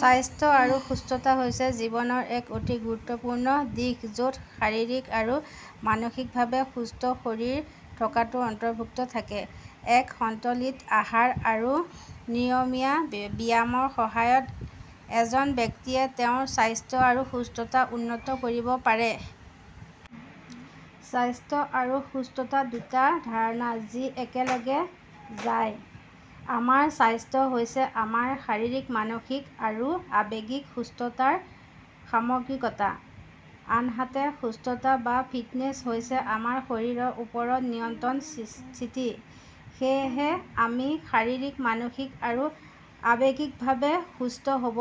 স্বাস্থ্য আৰু সুস্থতা হৈছে জীৱনৰ এক অতি গুৰুত্বপূৰ্ণ দিশ য'ত শাৰীৰিক আৰু মানসিকভাৱে সুস্থ শৰীৰ থকাটো অন্তৰ্ভুক্ত থাকে। এক সন্তুলিত আহাৰ আৰু নিয়মীয়া ব্যায়ামৰ সহায়ত এজন ব্যক্তিয়ে তেওঁৰ স্বাস্থ্য আৰু সুস্থতা উন্নত কৰিব পাৰে। স্বাস্থ্য আৰু সুস্থতা দুটা ধাৰণা যি একেলগে যায়। আমাৰ স্বাস্থ্য হৈছে আমাৰ শাৰীৰিক, মানসিক আৰু আৱেগিক সুস্থতাৰ সামগ্ৰিকতা। আনহাতে, সুস্থতা বা ফিটনেছ হৈছে আমাৰ শৰীৰৰ ওপৰত নিয়ন্ত্ৰণৰ স্থিতি। সেয়েহে, আমি শাৰীৰিক, মানসিক আৰু আৱেগিকভাৱে সুস্থ হ'ব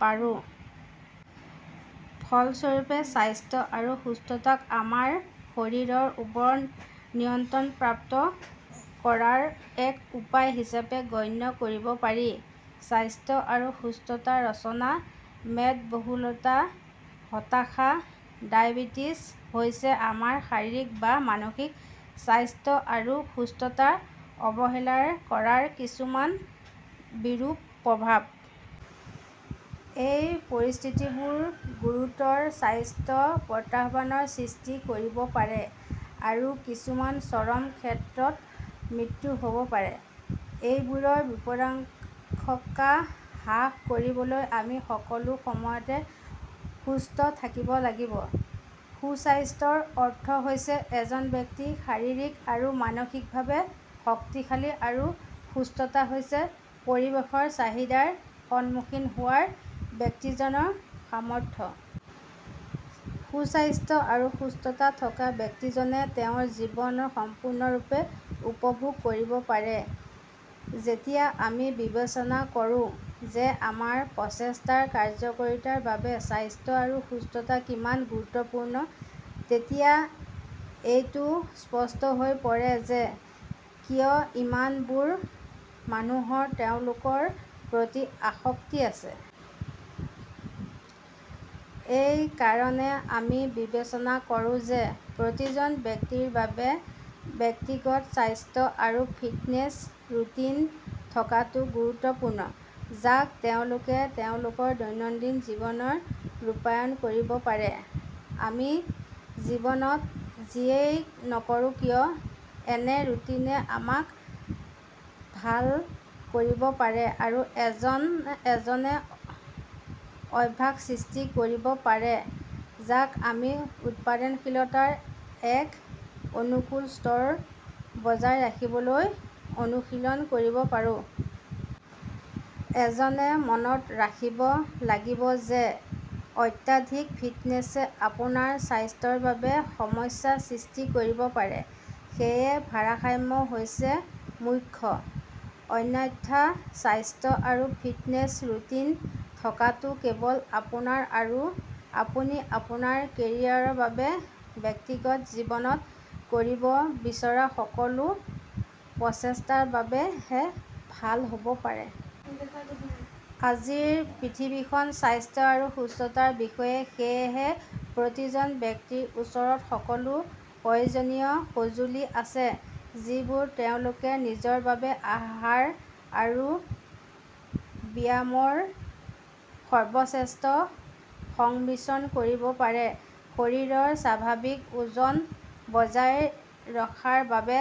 পাৰোঁ। ফলস্বৰূপে, স্বাস্থ্য আৰু সুস্থতাক আমাৰ শৰীৰৰ ওপৰত নিয়ন্ত্ৰণ প্ৰাপ্ত কৰাৰ এক উপায় হিচাপে গণ্য কৰিব পাৰি। স্বাস্থ্য আৰু সুস্থতা ৰচনা মেদবহুলতা, হতাশা, ডায়েবেটিচ হৈছে আমাৰ শাৰীৰিক বা মানসিক স্বাস্থ্য আৰু সুস্থতাক অৱহেলা কৰাৰ কিছুমান বিৰূপ প্ৰভাৱ। এই পৰিস্থিতিবোৰে গুৰুতৰ স্বাস্থ্য প্ৰত্যাহ্বানৰ সৃষ্টি কৰিব পাৰে আৰু কিছুমান চৰম ক্ষেত্ৰত মৃত্যু হ'ব পাৰে। এইবোৰৰ বিপদাশংকা হ্ৰাস কৰিবলৈ আমি সকলো সময়তে সুস্থ থাকিব লাগিব। সুস্বাস্থ্যৰ অৰ্থ হৈছে এজন ব্যক্তি শাৰীৰিক আৰু মানসিকভাৱে শক্তিশালী আৰু সুস্থতা হৈছে পৰিৱেশৰ চাহিদাৰ সন্মুখীন হোৱাৰ ব্যক্তিজনৰ সামৰ্থ্য। সুস্বাস্থ্য আৰু সুস্থতা থকা ব্যক্তিজনে তেওঁৰ জীৱন সম্পূৰ্ণৰূপে উপভোগ কৰিব পাৰে। যেতিয়া আমি বিবেচনা কৰোঁ যে আমাৰ প্ৰচেষ্টাৰ কাৰ্যকৰীতাৰ বাবে স্বাস্থ্য আৰু সুস্থতা কিমান গুৰুত্বপূৰ্ণ, তেতিয়া এইটো স্পষ্ট হৈ পৰে যে কিয় ইমান বোৰ মানুহৰ তেওঁলোকৰ প্ৰতি আসক্তি আছে। এইকাৰণে মই বিবেচনা কৰোঁ যে প্ৰতিজন ব্যক্তিৰ বাবে ব্যক্তিগত স্বাস্থ্য আৰু ফিটনেছ ৰুটিন থকাটো গুৰুত্বপূৰ্ণ যাক তেওঁলোকে তেওঁলোকৰ দৈনন্দিন জীৱনত ৰূপায়ণ কৰিব পাৰে। আমি জীৱনত যিয়েই নকৰোঁ কিয় এনে ৰুটিনে আমাক ভাল কৰিব পাৰে আৰু এনে অভ্যাস সৃষ্টি কৰিব পাৰে যাক আমি উৎপাদনশীলতাৰ এক অনুকূল স্তৰ বজাই ৰাখিবলৈ অনুশীলন কৰিব পাৰোঁ। এজনে মনত ৰাখিব লাগিব যে অত্যাধিক ফিটনেছে আপোনাৰ স্বাস্থ্যৰ বাবে সমস্যা সৃষ্টি কৰিব পাৰে, সেয়েহে ভাৰসাম্য হৈছে মুখ্য। অন্যথা স্বাস্থ্য আৰু ফিটনেছ ৰুটিন থকাটো কেৱল আপোনাৰ আৰু আপুনি আপোনাৰ কেৰিয়াৰ বা ব্যক্তিগত জীৱনত কৰিব বিচৰা সকলো প্ৰচেষ্টাৰ বাবে হে ভাল হ'ব পাৰে। আজিৰ পৃথিৱীখন স্বাস্থ্য আৰু সুস্থতাৰ বিষয়ে সেয়েহে প্ৰতিজন ব্যক্তিৰ ওচৰত সকলো প্ৰয়োজনীয় সঁজুলি আছে যিবোৰ তেওঁলোকে নিজৰ বাবে আহাৰ আৰু ব্যায়ামৰ সৰ্বশ্ৰেষ্ঠ সংমিশ্ৰণ কৰিব পাৰে। শৰীৰৰ স্বাভাৱিক ওজন বজাই ৰখাৰ বাবে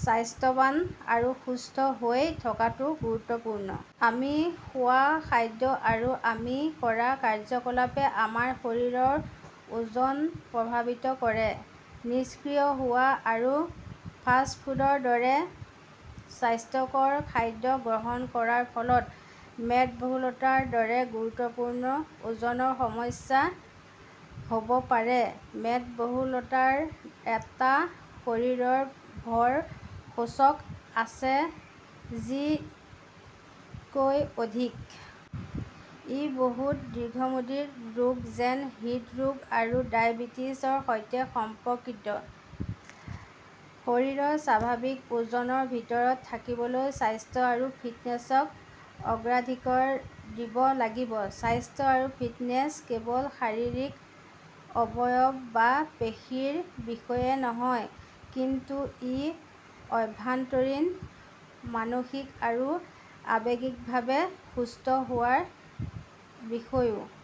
স্বাস্থ্যৱান আৰু সুস্থ হৈ থকাটোও গুৰুত্বপূৰ্ণ। আমি খোৱা খাদ্য আৰু আমি কৰা কাৰ্যকলাপে আমাৰ শৰীৰৰ ওজন প্ৰভাৱিত কৰে। নিষ্ক্ৰিয় হোৱা আৰু ফাষ্ট ফুডৰ দৰে অস্বাস্থ্যকৰ খাদ্য গ্ৰহণ কৰাৰ ফলত মেদবহুলতাৰ দৰে গুৰুতৰ ওজনৰ সমস্যা হ'ব পাৰে। মেদবহুলতাৰ এটা শৰীৰৰ ভৰ সূচক আছে যি তকৈ অধিক। ই বহুতো দীৰ্ঘম্যাদী ৰোগ যেনে হৃদৰোগ আৰু ডায়েবেটিচৰ সৈতে সম্পৰ্কিত। শৰীৰৰ স্বাভাৱিক ওজনৰ ভিতৰত থাকিবলৈ, স্বাস্থ্য আৰু ফিটনেছক অগ্ৰাধিকাৰ দিব লাগিব। স্বাস্থ্য আৰু ফিটনেছ কেৱল শাৰীৰিক অবয়ব বা পেশীৰ বিষয়ে নহয়, কিন্তু ই আভ্যন্তৰীণ, মানসিক আৰু আৱেগিকভাৱে সুস্থ হোৱাৰ বিষয়েও